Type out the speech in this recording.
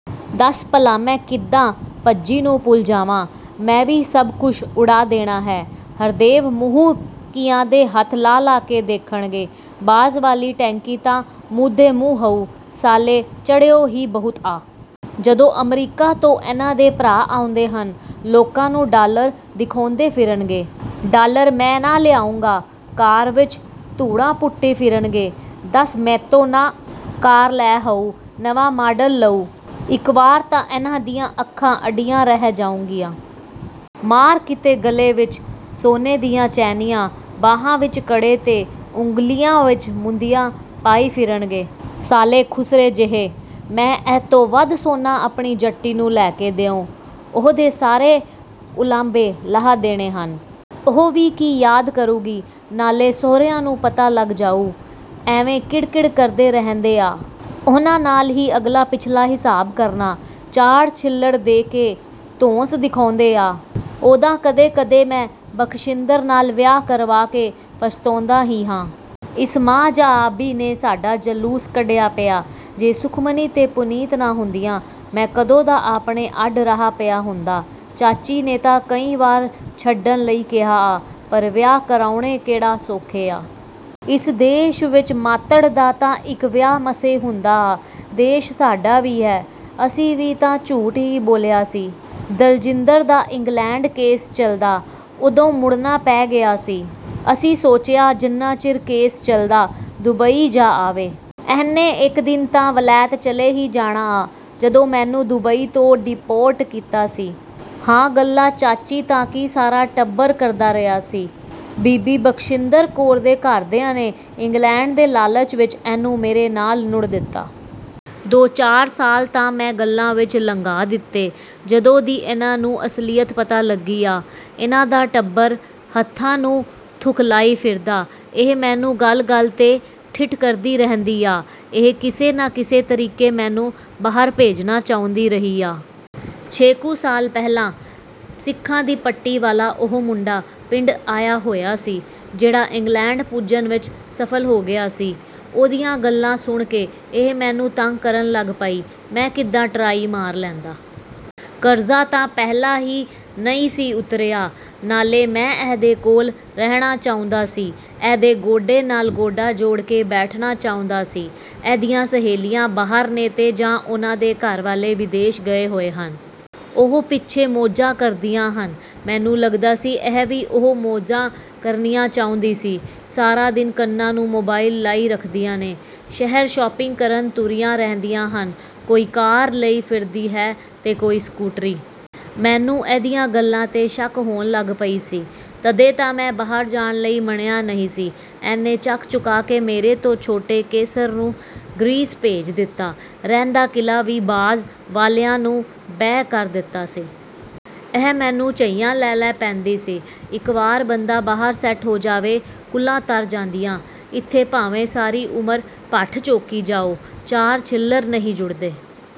ਦੱਸ ਭਲਾ ਮੈਂ ਕਿੱਦਾਂ ਭੱਜੀ ਨੂੰ ਭੁੱਲ ਜਾਵਾਂ। ਮੈਂ ਵੀ ਸੱਭ ਕੁੱਸ਼ ਉਡਾ ਦੇਣਾ ਹੈ। ਹਰਦੇਵ ਸੁੰਹ ਕਿਆਂ ਦੇ ਹੱਥ ਲਾ-ਲਾ ਕੇ ਦੇਖਣਗੇ। ਬਾਜ਼ ਵਾਲੀ ਟੈਂਕੀ ਤਾਂ ਮੂਧੇ ਮੂੰਹ ਹਊ। ਸਾਲੇ ਚੜਿਓ ਵੀ ਬਹੁਤ ਆ। ਜਦੋਂ ਅਮਰੀਕਾ ਤੋਂ ਇਨ੍ਹਾਂ ਦੇ ਭਰਾ ਆਉਂਦੇ ਹਨ। ਲੋਕਾਂ ਨੂੰ ਡਾਲਰ ਦਿਖੌਂਦੇ ਫ਼ਿਰਨਗੇ। ਡਾਲਰ ਮੈਂ ਨਾ ਲਿਆਉਂਗਾ? ਕਾਰ ਵਿੱਚ ਧੂੜਾਂ ਪੁੱਟੀ ਫਿਰਨਗੇ। ਦੱਸ ਮੈਤੋਂ ਨਾ ਕਾਰ ਲੈ ਹਊ। ਨਵਾਂ ਮਾਡਲ ਲਊਂ। ਇੱਕ ਵਾਰ ਤਾਂ ਇਨ੍ਹਾਂ ਦੀਆਂ ਅੱਖਾਂ ਅੱਡੀਆਂ ਰਹਿ ਜਾਊਗੀਆਂ। ਮਾਰ੍ਹ ਕਿਤੇ ਗਲੇ ਵਿੱਚ ਸੋਨੇ ਦੀਆਂ ਚੈਨੀਆਂ, ਬਾਹਾਂ ਵਿੱਚ ਕੜੇ ਤੇ ਉਂਗਲੀਆਂ ਵਿੱਚ ਮੁੰਦੀਆਂ ਪਾਈ ਫਿਰਨਗੇ। ਸਾਲੇ ਖੁਸਰੇ ਜਿਹੇ।… ਮੈਂ ਇਹਤੋਂ ਵੱਧ ਸੋਨਾ ਆਪਣੀ ਜੱਟੀ ਨੂੰ ਲੈ ਕੇ ਦਊਂ। ਉਹਦੇ ਸਾਰੇ ਉਲਾਂਭੇ ਲਾਹ ਦੇਣੇ ਹਨ। ਉਹ ਵੀ ਕੀ ਯਾਦ ਕਰੂੰਗੀ। ਨਾਲੇ ਸਹੁਰਿਆਂ ਨੂੰ ਪਤਾ ਲੱਗ ਜਾਊ। ਐਵੇਂ ਕਿੜ-ਕਿੜ ਕਰਦੇ ਰਹਿੰਦੇ ਆ। ਉਨ੍ਹਾਂ ਨਾਲ ਵੀ ਅਗਲਾ ਪਿਛਲਾ ਹਿਸਾਬ ਕਰਨਾ। ਚਾਰ ਛਿੱਲੜ ਦੇ ਕੇ ਧੌਂਸ ਦਿਖੌਂਦੇ ਆ। ਉੱਦਾਂ ਕਦੇ-ਕਦੇ ਮੈਂ ਬਖਸ਼ਿੰਦਰ ਨਾਲ ਵਿਆਹ ਕਰਵਾ ਕੇ ਪਛਤੋਂਦਾ ਵੀ ਹਾਂ। ਇਸ ਮਾਂ ਜਾਆਬ੍ਹੀ ਨੇੇ ਸਾਡਾ ਜਲੂਸ ਕੱਢਿਆ ਪਿਆ। ਜੇ ਸੁਖਮਣੀ ਤੇ ਪੁਨੀਤ ਨਾ ਹੁੰਦੀਆਂ। ਮੈਂ ਕਦੋਂ ਦਾ ਆਪਣੇ ਅੱਡ ਰਾਹ ਪਿਆ ਹੁੰਦਾ। ਚਾਚੀ ਨੇ ਤਾਂ ਕਈ ਵਾਰ ਛੱਡਣ ਲਈ ਕਿਹਾ ਆ। ਪਰ ਵਿਆਹ ਕਰਾਉੇਣੇ ਕਿਹੜਾ ਸੌਖੇ ਆ। ਇਸ ਦੇਸ਼ ਵਿੱਚ ਮਾਤ੍ਹੜ ਦਾ ਤਾਂ ਇੱਕ ਵਿਆਹ ਮਸੀਂ ਹੁੰਦਾ ਆ। ਦੋਸ਼ ਸਾਡਾ ਵੀ ਹੈ। ਅਸੀਂ ਵੀ ਤਾਂ ਝੂਠ ਈ ਬੋਲਿਆ ਸੀ। "ਦਲਜਿੰਦਰ ਦਾ ਇੰਗਲੈਂਡ ਕੇਸ ਚਲਦਾ। ਉਦੋਂ ਮੁੜਨਾ ਪੈ ਗਿਆ ਸੀ। ਅਸੀਂ ਸੋਚਿਆ, ਜਿੰਨਾ ਚਿਰ ਕੇਸ ਚਲਦਾ ਦੁਬਈ ਜਾ ਆਵੇ। ਇਹਨੇ ਇੱਕ ਦਿਨ ਤਾਂ ਵਲੈਤ ਚਲੇ ਈ ਜਾਣਾ ਆ। " ਜਦੋਂ ਮੈਨੂੰ ਦੁਬਈ ਤੋਂ ਡਿਪੋਰਟ ਕੀਤਾ ਸੀ। ਹਾਅ ਗੱਲਾਂ ਚਾਚੀ ਤਾਂ ਕੀ ਸਾਰਾ ਟੱਬਰ ਕਰਦਾ ਰਿਹਾ ਸੀ। ਬੀਬੀ ਬਖਸ਼ਿੰਦਰ ਕੌਰ ਦੇ ਘਰ ਦਿਆਂ ਨੇ ਇੰਗਲੈਂਡ ਦੇ ਲਾਲਚ ਵਿਚ ਇਹਨੂੰ ਮੇਰੇ ਨਾਲ ਨੂੜ ਦਿੱਤਾ। ਦੋ-ਚਾਰ ਸਾਲ ਤਾਂ ਮੈਂ ਗੱਲਾਂ ਵਿੱਚ ਲੰਘਾ ਦਿੱਤੇ। ਜਦੋਂ ਦੀ ਇਨ੍ਹਾਂ ਨੂੰ ਅਸਲੀਅਤ ਪਤਾ ਲੱਗੀ ਆ। ਇਨ੍ਹਾਂ ਦਾ ਟੱਬਰ ਹੱਥਾਂ ਨੂੰ ਥੁੱਕ ਲਾਈ ਫਿਰਦਾ। ਇਹ ਮੈਨੂੰ ਗੱਲ-ਗੱਲ 'ਤੇ ਠਿੱਠ ਕਰਦੀ ਰਹਿੰਦੀ ਆ। ਇਹ ਕਿਸੇ ਨਾ ਕਿਸੇ ਤਰੀਕੇ ਮੈਨੂੰ ਬਾਹਰ ਭੇਜਣਾ ਚਾਹੁੰਦੀ ਰਹੀ ਆ। ਛੇ ਕੁ ਸਾਲ ਪਹਿਲਾਂ ਸਿੱਖਾਂ ਦੀ ਪੱਟੀ ਵਾਲਾ ਉਹ ਮੁੰਡਾ ਪਿੰਡ ਆਇਆ ਹੋਇਆ ਸੀ, ਜਿਹੜਾ ਇੰਗਲੈਂਡ ਪੁੱਜਣ ਵਿੱਚ ਸਫ਼ਲ ਹੋ ਗਿਆ ਸੀ। ਉਹਦੀਆਂ ਗੱਲਾਂ ਸੁਣ ਕੇ, ਇਹ ਮੈਨੂੰ ਤੰਗ ਕਰਨ ਲੱਗ ਪਈ। ਮੈਂ ਕਿੱਦਾਂ ਟਰਾਈ ਮਾਰ ਲੈਂਦਾ? ਕਰਜ਼ਾ ਤਾਂ ਪਹਿਲਾਂ ਹੀ ਨਈਂ ਸੀ ਉਤਰਿਆ। ਨਾਲੇ ਮੈਂ ਇਹਦੇ ਕੋਲ ਰਹਿਣਾ ਚਾਹੁੰਦਾ ਸੀ। ਇਹਦੇ ਗੋਡੇ ਨਾਲ ਗੋਡਾ ਜੋੜ ਕੇ ਬੈਠਣਾ ਚਾਹੁੰਦਾ ਸੀ। ਇਹਦੀਆਂ ਸਹੇਲੀਆਂ ਬਾਹਰ ਨੇ ਤੇ ਜਾਂ ਉਨ੍ਹਾਂ ਦੇ ਘਰ ਵਾਲੇ ਵਿਦੇਸ਼ ਗਏ ਹੋਏ ਹਨ। ਉਹ ਪਿੱਛੇ ਮੌਜਾਂ ਕਰਦੀਆਂ ਹਨ। ਮੈਨੂੰ ਲੱਗਦਾ ਸੀ ਇਹ ਵੀ 'ਉਹ' ਮੌਜਾਂ ਕਰਨੀਆਂ ਚਾਹੁੰਦੀ ਸੀ। ਸਾਰਾ ਦਿਨ ਕੰਨਾਂ ਨੂੰ ਮੋਬਾਇਲ ਲਾਈ ਰੱਖਦੀਆਂ ਨੇ। ਸ਼ਹਿਰ ਸ਼ਾਪਿੰਗ ਕਰਨ ਤੁਰੀਆਂ ਰਹਿੰਦੀਆਂ ਹਨ। ਕੋਈ ਕਾਰ ਲਈ ਫਿਰਦੀ ਹੈ ਤੇ ਕੋਈ ਸਕੂਟਰੀ। ਮੈਨੂੰ ਇਹਦੀਆਂ ਗੱਲਾਂ 'ਤੇ ਸ਼ੱਕ ਹੋਣ ਲੱਗ ਪਈ ਸੀ। ਤਦੇ ਤਾਂ ਮੈਂ ਬਾਹਰ ਜਾਣ ਲਈ ਮੰਨਿਆ ਨਈਂ ਸੀ। ਇਹਨੇ ਚੱਕ ਚੁਕਾ ਕੇ ਮੇਰੇ ਤੋਂ ਛੋਟੇ ਕੇਸਰ ਨੂੰ ਗਰੀਸ ਭੇਜ ਦਿੱਤਾ। ਰਹਿੰਦਾ ਕਿੱਲਾ ਵੀ ਬਾਜ਼ ਵਾਲਿਆਂ ਨੂੰ ਬੈਅ ਕਰ ਦਿੱਤਾ ਸੀ। ਇਹ ਮੈਨੂੰ ਝਈਆਂ ਲੈ-ਲੈ ਪੈਂਦੀ ਸੀ। "ਇੱਕ ਵਾਰ ਬੰਦਾ ਬਾਹਰ ਸੈੱਟ ਹੋ ਜਾਵੇ। ਕੁੱਲਾਂ ਤਰ ਜਾਂਦੀਆਂ। ਇੱਥੇ ਭਾਵੇਂ ਸਾਰੀ ਉਮਰ ਭੱਠ ਝੋਕੀ ਜਾਓ, ਚਾਰ ਛਿੱਲੜ੍ਹ ਨਈਂ ਜੁੜਦੇ।